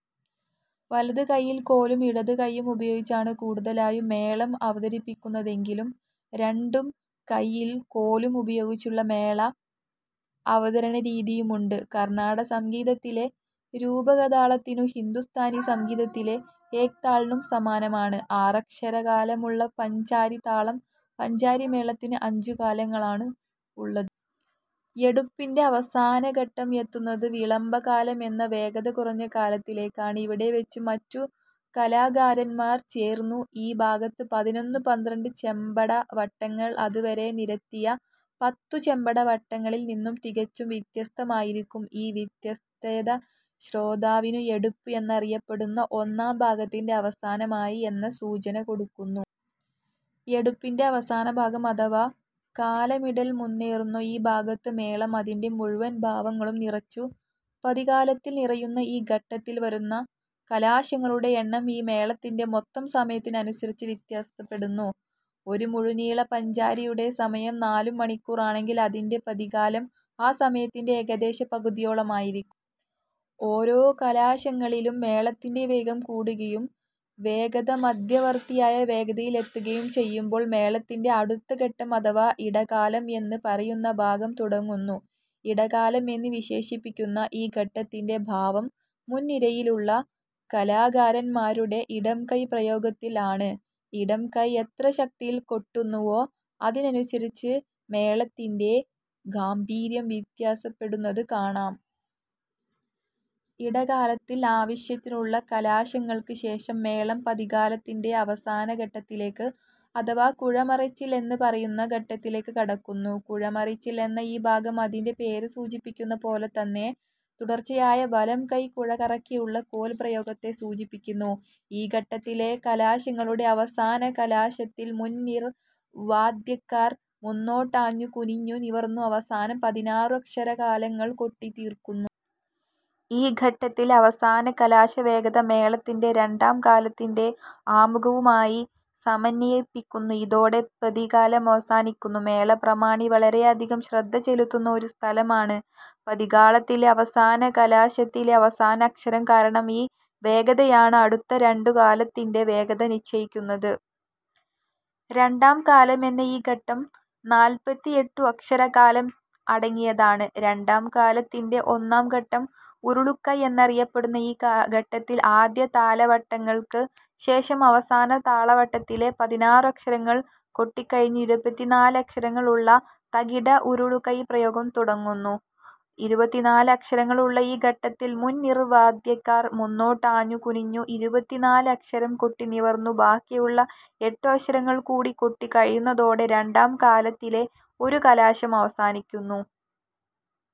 വലതു കൈയിൽ കോലും ഇടതു കൈയ്യും ഉപയോഗിച്ചാണ് കൂടുതലായും മേളം അവതരിപ്പിക്കുന്നതെങ്കിലും രണ്ടും കൈയിലും കോൽ ഉപയോഗിച്ചുമുള്ള മേള അവതരണരീതിയുമുണ്ട്. കർണ്ണാടകസംഗീതത്തിലെ രൂപകതാളത്തിനും ഹിന്ദുസ്ഥാനി സംഗീതത്തിലെ ' ഏക് താൾ 'നും സമാനമാണ് ആറക്ഷരകാലമുള്ള പഞ്ചാരി താളം. പഞ്ചാരി മേളത്തിന് അഞ്ചു കാലങ്ങൾ ആണ് ഉള്ളത്. എടുപ്പിന്റെ അവസാന ഘട്ടം എത്തുന്നത് വിളംബകാലം എന്ന വേഗത കുറഞ്ഞ കാലത്തിലേക്ക് ആണ്. ഇവിടെ വെച്ചു മറ്റു കലാകാരന്മാർ ചേർന്നു. ഈ ഭാഗത്ത് പതിനൊന്ന് പന്ത്രണ്ട് ചെമ്പട വട്ടങ്ങൾ അതുവരെ നിരത്തിയ പത്തു ചെമ്പട വട്ടങ്ങളിൽ നിന്ന് തികച്ചും വ്യത്യസ്തം ആയിരിക്കും ഈ വ്യത്യസ്തത ശ്രോതാവിനു എടുപ്പ് എന്നറിയപ്പെടുന്ന ഒന്നാം ഭാഗത്തിന്റെ അവസാനം ആയി എന്ന സൂചന കൊടുക്കുന്നു. എടുപ്പിന്റെ അവസാനഭാഗം അഥവാ കാലമിടൽ മുന്നേറുന്നു ഈ ഭാഗത്ത് മേളം അതിന്റെ മുഴുവൻ ഭാവങ്ങളും നിറച്ചു പതികാലത്തിൽ നിറയുന്ന. ഈ ഘട്ടത്തിൽ വരുന്ന കലാശങ്ങളുടെ എണ്ണം ഈ മേളത്തിന്റെ മൊത്തം സമയത്തിനനുസരിച്ച് വ്യത്യസപെടുന്നു. ഒരു മുഴുനീള പാഞ്ചാരിയുടെ സമയം നാലു മണിക്കൂർ ആണെങ്കിൽ അതിന്റെ പതികാലം ആ സമയത്തിന്റെ ഏകദേശം പകുതിയോളം ആയിരി ഓരോ കലാശങ്ങളിലും മേളത്തിന്റെ വേഗം കൂടുകയും വേഗത മധ്യവർത്തിയായ വേഗതയിൽ എത്തുകയും ചെയ്യുമ്പോൾ മേളത്തിന്റെ അടുത്ത ഘട്ടം അഥവാ ഇടകാലം എന്ന് പറയുന്ന ഭാഗം തുടങ്ങുന്നു ഇടകാലം എന്നു വിശേഷിപിക്കുന്ന ഈ ഘട്ടത്തിന്റെ ഭാവം മുൻ നിരയിലുള്ള കലാകാരന്മാരുടെ ഇടം കൈ പ്രയോഗത്തിൽ ആണ്. ഇടം കൈ എത്ര ശക്തിയിൽ കൊട്ടുന്നുവോ അതിനനുസരിച്ച് മേളത്തിന്റെ ഗാംഭീര്യം വ്യതസപെടുന്നത് കാണാം. ഇടകാലത്തിൽ ആവശ്യത്തിനുള്ള കലാശങ്ങൾക്ക് ശേഷം മേളം പതികാലതിന്റെ അവസാന ഘട്ടത്തിലേക്ക് അഥവാ കുഴമറിച്ചിൽ എന്ന് പറയുന്ന ഘട്ടത്തിലേക്ക് കടക്കുന്നു. കുഴമറിച്ചിൽ എന്ന ഈ ഭാഗം അതിന്റെ പേര് സൂചിപ്പിക്കുന്ന പോലെ തന്നെ തുടർച്ചയായ വലംകൈ കുഴ കറക്കിയുള്ള കോൽ പ്രയോഗത്തെ സൂചിപ്പിക്കുന്നു. ഈ ഘട്ടത്തിലെ കലാശങ്ങളുടെ അവസാന കലാശത്തിൽ മുൻനിര വാദ്യക്കാർ മുന്നോട്ടാഞ്ഞു കുനിഞ്ഞു നിവർന്നു അവസാന പതിനാറു അക്ഷരകാലങ്ങൾ കൊട്ടി തീർക്കുന്നു. ഈ ഘട്ടത്തിലെ അവസാന കലാശവേഗത മേളത്തിന്റെ രണ്ടാം കാലത്തിന്റെ ആമുഘവുമായി സമന്വയിപ്പിക്കുന്നു. ഇതോടെ പതികാലം അവസാനിക്കുന്നു. മേള പ്രമാണി വളരെയധികം ശ്രദ്ധ ചെലുത്തുന്ന ഒരു സ്ഥലമാണ് പതികാളത്തിലെ അവസാന കലാശത്തിലെ അവസാന അക്ഷരം. കാരണം ഈ വേഗതയാണ് അടുത്ത രണ്ട് കാലത്തിന്റെ വേഗത നിശ്ചയിക്കുന്നത്. രണ്ടാം കാലം എന്ന ഈ ഘട്ടം നാല്പതിഎട്ടു അക്ഷരകാലം അടങ്ങിയതാണ്. രണ്ടാം കാലത്തിന്റെ ഒന്നാം ഘട്ടം ഉരുളുകൈ എന്നറിയപ്പെടുന്ന. ഈ കാ ഘട്ടത്തിൽ ആദ്യ താലവട്ടങ്ങൾക്ക് ശേഷം, അവസാന താളവട്ടത്തിലെ പതിനാറു അക്ഷരങ്ങൾ കൊട്ടിക്കഴിഞ്ഞു ഇരുപത്തിനാല് അക്ഷരങ്ങൾ ഉള്ള ത-കി-ട ഉരുളുകൈ പ്രയോഗം തുടങ്ങുന്നു. ഇരുപത്തിനാല് അക്ഷരങ്ങൾ ഉള്ള ഈ ഘട്ടത്തിൽ മുൻനിര വാദ്യക്കാർ മുന്നോട്ട് ആഞ്ഞു കുനിഞ്ഞു ഇരുപത്തിനാല് അക്ഷരം കൊട്ടി നിവർന്നു ബാക്കിയുള്ള എട്ടു അക്ഷരങ്ങൾ കൂടി കൊട്ടി കഴിയുന്നതോടെ രണ്ടാം കാലത്തിലെ ഒരു കലാശം അവസാനിക്കുന്നു.